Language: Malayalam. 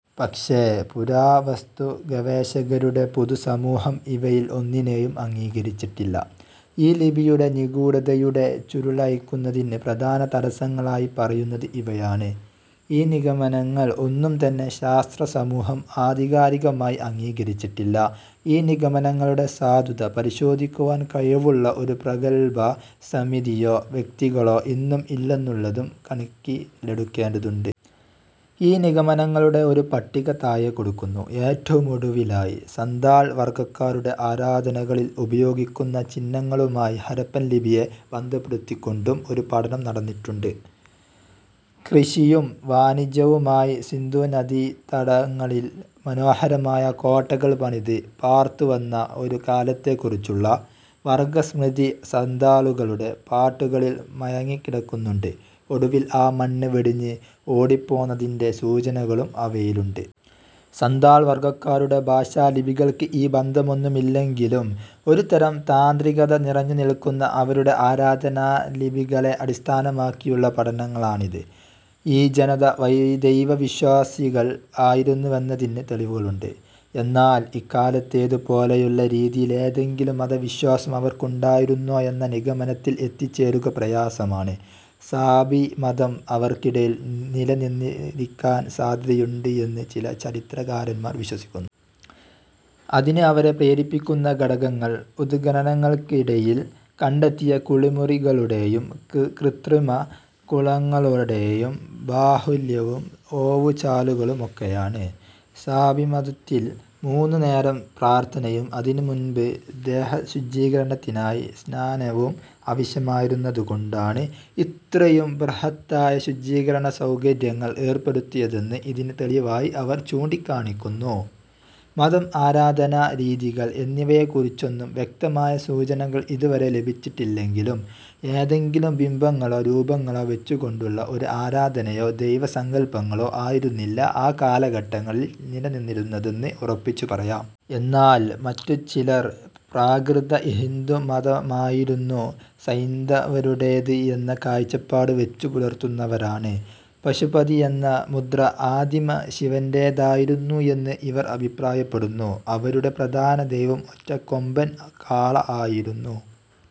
പക്ഷേ പുരാവസ്തുഗവേഷകരുടെ പൊതുസമൂഹം ഇവയിൽ ഒന്നിനെയും അംഗീകരിച്ചിട്ടില്ല. ഈ ലിപിയുടെ നിഗൂഢതയുടെ ചുരുളഴിക്കുന്നതിന് പ്രധാന തടസ്സങ്ങളായി പറയുന്നത് ഇവയാണ്: ഈ നിഗമനങ്ങൾ ഒന്നും തന്നെ ശാസ്ത്രസമൂഹം ആധികാരികമായി അംഗീകരിച്ചിട്ടില്ല. ഈ നിഗമനങ്ങളുടെ സാധുത പരിശോധിക്കുവാൻ കഴിവുള്ള ഒരു പ്രഗല്ഭ സമിതിയോ വ്യക്തികളോ ഇന്നും ഇല്ലെന്നുള്ളതും കണക്കിലെടുക്കേണ്ടതുണ്ട്. ഈ നിഗമനങ്ങളുടെ ഒരു പട്ടിക താഴെ കൊടുക്കുന്നു. ഏറ്റവും ഒടുവിലായി സാന്താൾവർഗ്ഗക്കാരുടെ ആരാധനകളിൽ ഉപയോഗിക്കുന്ന ചിഹ്നങ്ങളുമായി ഹരപ്പൻ ലിപിയെ ബന്ധപ്പെടുത്തിക്കൊണ്ടും ഒരു പഠനം നടന്നിട്ടുണ്ട്. കൃഷിയും വാണിജ്യവുമായി സിന്ധുനദീതടങ്ങളിൽ മനോഹരമായ കോട്ടകൾ പണിത് പാർത്തുവന്ന ഒരു കാലത്തെക്കുറിച്ചുള്ള വർഗസ്മൃതി സന്താളുകളുടെ പാട്ടുകളിൽ മയങ്ങിക്കിടക്കുന്നുണ്ട്. ഒടുവിൽ ആ മണ്ണ് വെടിഞ്ഞ് ഓടിപ്പോന്നതിന്റെ സൂചനകളും അവയിലുണ്ട്. സന്താൾ വർഗ്ഗക്കാരുടെ ഭാഷാലിപികൾക്ക് ഈ ബന്ധമൊന്നുമില്ലെങ്കിലും ഒരുതരം താന്ത്രികത നിറഞ്ഞുനിൽക്കുന്ന അവരുടെ ആരാധനാലിപികളെ അടിസ്ഥാനമാക്കിയുള്ള പഠനങ്ങളാണിത്. ഈ ജനത ദൈവവിശ്വാസികൾ ആയിരുന്നുവെന്നതിന് തെളിവുകളുണ്ട്. എന്നാൽ ഇക്കാലത്തേതുപോലെയുള്ള രീതിയിൽ ഏതെങ്കിലും മതവിശ്വാസം അവർക്കുണ്ടായിരുന്നോ എന്ന നിഗമനത്തിൽ എത്തിച്ചേരുക പ്രയാസമാണ്.. സാബി മതം അവർക്കിടയിൽ നിലനിന്നിരിക്കാൻ സാദ്ധ്യതയുണ്ട് എന്ന് ചില ചരിത്രകാരന്മാർ വിശ്വസിക്കുന്നു. അതിന് അവരെ പ്രേരിപ്പിക്കുന്ന ഘടകങ്ങൾ ഉത്ഖനനങ്ങൾക്കിടയിൽ കണ്ടെത്തിയ കുളിമുറികളുടേയും കൃത്രിമ കുളങ്ങളുടേയും ബാഹുല്യവും ഓവുചാലുകളുമൊക്കെയാണ്. സാബിമതത്തിൽ മൂന്നു നേരം പ്രാർത്ഥനയും അതിനു മുൻപ് ദേഹശുചീകരണത്തിനായി സ്നാനവും ആവശ്യമായിരുന്നതുകൊണ്ടാണ് ഇത്രയും ബൃഹത്തായ ശുചീകരണസൗകര്യങ്ങൾ ഏർപ്പെടുത്തിയതെന്ന് ഇതിന് തെളിവായി അവർ ചൂണ്ടിക്കാണിക്കുന്നു. മതം ആരാധനാ രീതികൾ എന്നിവയെക്കുറിച്ചൊന്നും വ്യക്തമായ സൂചനകൾ ഇതുവരെ ലഭിച്ചിട്ടില്ലെങ്കിലും ഏതെങ്കിലും ബിംബങ്ങളോ രൂപങ്ങളോ വെച്ചുകൊണ്ടുള്ള ഒരു ആരാധനയോ ദൈവ സങ്കൽപങ്ങളോ ആയിരുന്നില്ല ആ കാലഘട്ടങ്ങളിൽ നിലനിന്നിരുന്നതെന്ന് ഉറപ്പിച്ചു പറയാം. എന്നാൽ മറ്റു ചിലർ പ്രാകൃത ഹിന്ദുമതമായിരുന്നു സൈന്ധവരുടേത് എന്ന കാഴ്ചപ്പാട് വെച്ചു പുലർത്തുന്നവരാണ്.. പശുപതി എന്ന മുദ്ര ആദിമ ശിവന്റേതായിരുന്നു എന്ന് ഇവർ അഭിപ്രായപ്പെടുന്നു. അവരുടെ പ്രധാന ദൈവം ഒറ്റക്കൊമ്പൻ കാള ആയിരുന്നു